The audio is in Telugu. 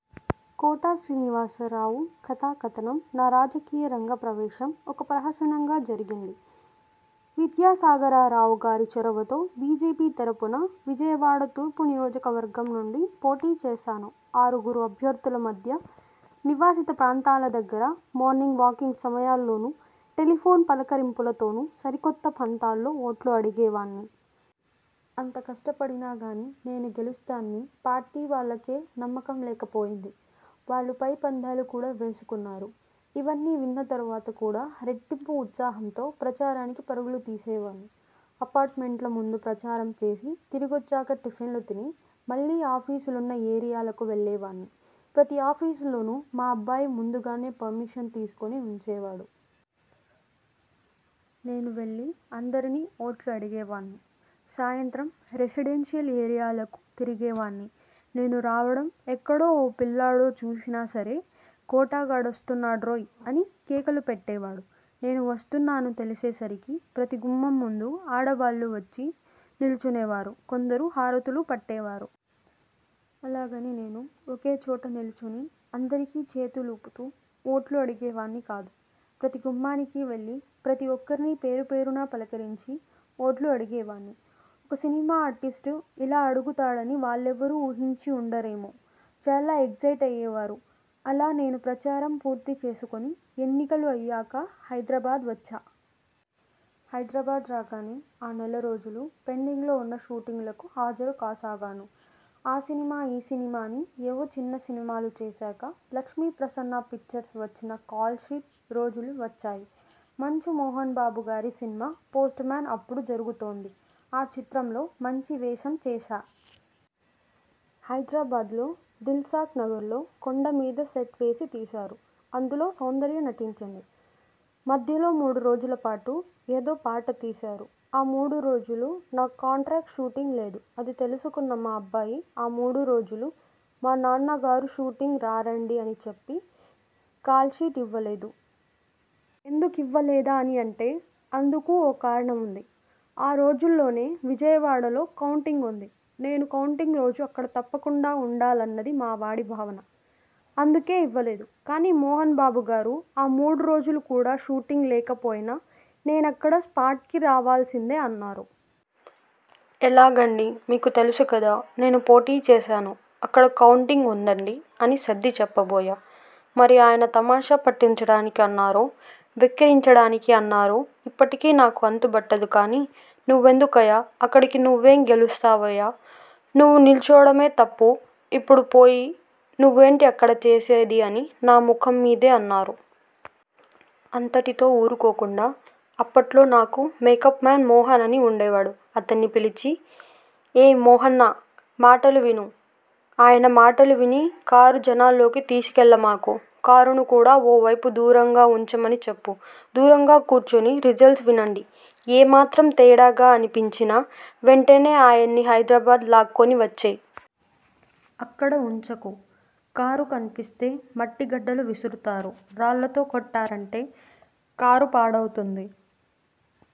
కోట శ్రీనివాసరావు కథాకథనం నా రాజకీయరంగ ప్రవేశం ఒక ప్రహసనంగా జరిగింది. విద్యాసాగరరావుగారి చొరవతో బి. జె. పి తరపున విజయవాడ తూర్పు నియోజకవర్గం నుండి పోటీ చేశాను. ఆరుగురు ఆభ్యర్థుల మధ్య నివాసిత ప్రాంతాల దగ్గర, మార్నింగ్ వాకింగ్ సమయాల్లోనూ, టెలిఫోన్ పలకరింపులతోనూ సరికొత్త పంథాలో ఓట్లు అడిగేవాణ్ణి. అంత కష్టపడినాగానీ నేను గెలుస్తానని పార్టీ వాళ్ళకే నమ్మకం లేకపోయింది. వాళ్ళు పై పందాలు కూడా వేసుకున్నారు. ఇవన్నీ విన్న తర్వాత కూడా రెట్టింపు ఉత్సాహంతో ప్రచారానికి పరుగులు తీసేవాణ్ణి. అపార్ట్మెంట్ల ముందు ప్రచారంచేసి తిరిగివచ్చాక టిఫిన్లు తిని మళ్ళీ ఆఫీసులున్న ఏరియాలకు వెళ్ళేవాణ్ణి. ప్రతి ఆఫీసులోనూ మా అబ్బాయి ముందుగానే పర్మిషన్ తీసుకుని ఉంచేవాడు. నేనువెళ్ళి అందరినీ ఓట్లు అడిగేవాణ్ణి. సాయంత్రం రెసిడెన్షియల్ ఏరియాలకు తిరిగేవాణ్ణి. నేను రావడం ఎక్కడో ఓ పిల్లాడో చూసినా సరే 'రేయ్.. కోటగాడు వస్తున్నాడ్రోయ్' అని కేకలు పెట్టేవాడు. నేను వస్తున్నానని తెలిసేసరికి ప్రతి గుమ్మం ముందు ఆడవాళ్లు వచ్చి నిలుచునేవారు. కొందరు హారతులు పట్టేవారు. అలాగని నేను ఒకేచోట నిలుచుని అందరికీ చేతులు ఊపుతూ ఓట్లు అడిగేవాణ్ణి కాదు. ప్రతి గుమ్మానికీవెళ్ళి ప్రతి ఒక్కరినీ పేరుపేరునా పలకరించి ఓట్లు అడిగేవాణ్ణి. ఒక సినిమా ఆర్టిస్ట్ అలా అడుగుతాడని వాళ్ళెవరూ ఊహించి ఉండరేమో. చాలా ఎగ్జయిట్ అయ్యేవారు. అలా నేను ప్రచారం పూర్తిచేసుకుని, ఎన్నికలు అయ్యాక హైదరాబాద్ వచ్చా. హైదరాబాద్ రాగానే ఆ నెల రోజులూ పెండింగ్లో ఉన్న షూటింగ్లకు హాజరుకాసాగాను. ఆ సినిమా, ఈ సినిమా అని, ఏవో చిన్న సినిమాలు చేశాక లక్ష్మీప్రసన్న పిక్చర్స్కు ఇచ్చిన కాల్షీట్ రోజులు వచ్చాయి. మంచు మోహన్బాబుగారి సినిమా 'పోస్ట్మేన్' అప్పుడు జరుగుతోంది. ఆ చిత్రంలో మంచి వేషం చేశా. హైదరాబాద్లో దిల్సుఖ్నగర్లో కొండమీద సెట్ వేసి తీశారు. అందులో సౌందర్య నటించింది. మధ్యలో మూడురోజులపాటు ఏదో పాట తీశారు. ఆ మూడు రోజులు నా కాంట్రాక్ట్ షూటింగ్ లేదు. అది తెలుసుకున్న మా అబ్బాయి'ఆ మూడు రోజులు మా నాన్నగారు షూటింగ్కు రారండీ' అని చెప్పి కాల్షీట్ ఇవ్వలేదు. ఎందుకివ్వలేదా? అని అంటే.. అందుకూ ఓ కారణం ఉంది. ఆ రోజుల్లోనే విజయవాడలో కౌంటింగ్ ఉంది. నేను కౌంటింగ్రోజు అక్కడ తప్పకుండా ఉండాలన్నది మావాడి భావన. అందుకే ఇవ్వలేదు. కానీ మోహన్బాబుగారు ఆ మూడు రోజులు కూడా షూటింగ్ లేకపోయినా నేనిక్కడ స్పాట్కి రావాల్సిందే అన్నారు. 'ఎలాగండి.. మీకు తెలుసుకదా.. నేను పోటీ చేశాను. అక్కడ కౌంటింగ్ ఉందండీ' అని సర్దిచెప్పబోయా.. మరి ఆయన తమాషా పట్టించడానికి అన్నారో.. వెక్కిరించడానికి అన్నారో ఇప్పటికీ నాకు అంతుబట్టదు కానీ'నువ్వెందుకయ్యా అక్కడికినువ్వేం గెలుస్తావయ్యా.. నువ్వు నిలుచోవడమే తప్పు. ఇప్పుడు పోయి నువ్వేంటి అక్కడ చేసేది' అని నా ముఖం మీదే అన్నారు. అంతటితో ఊరుకోకుండా అప్పట్లో నాకు మేకప్మేన్ మోహన్ అని ఉండేవాడు.. అతన్ని పిలిచి 'ఏయ్ మోహన్నా మాటలు విను. ఆయన మాటలు విని కారు జనాల్లోకి తీసుకెళ్ళమాకు. కారును కూడా ఓ వైపు దూరంగా ఉంచమని చెప్పు. దూరంగా కూర్చుని రిజల్స్ వినండి. ఏమాత్రం తేడాగా అనిపించినా వెంటనే ఆయన్ని హైదరాబాద్ లాక్కుని వచ్చెయ్. అక్కడ ఉంచకు. కారు కనిపిస్తే మట్టిగడ్డలు విసురుతారు. రాళ్ళతో కొట్టారంటే కారు పాడవుతుంది..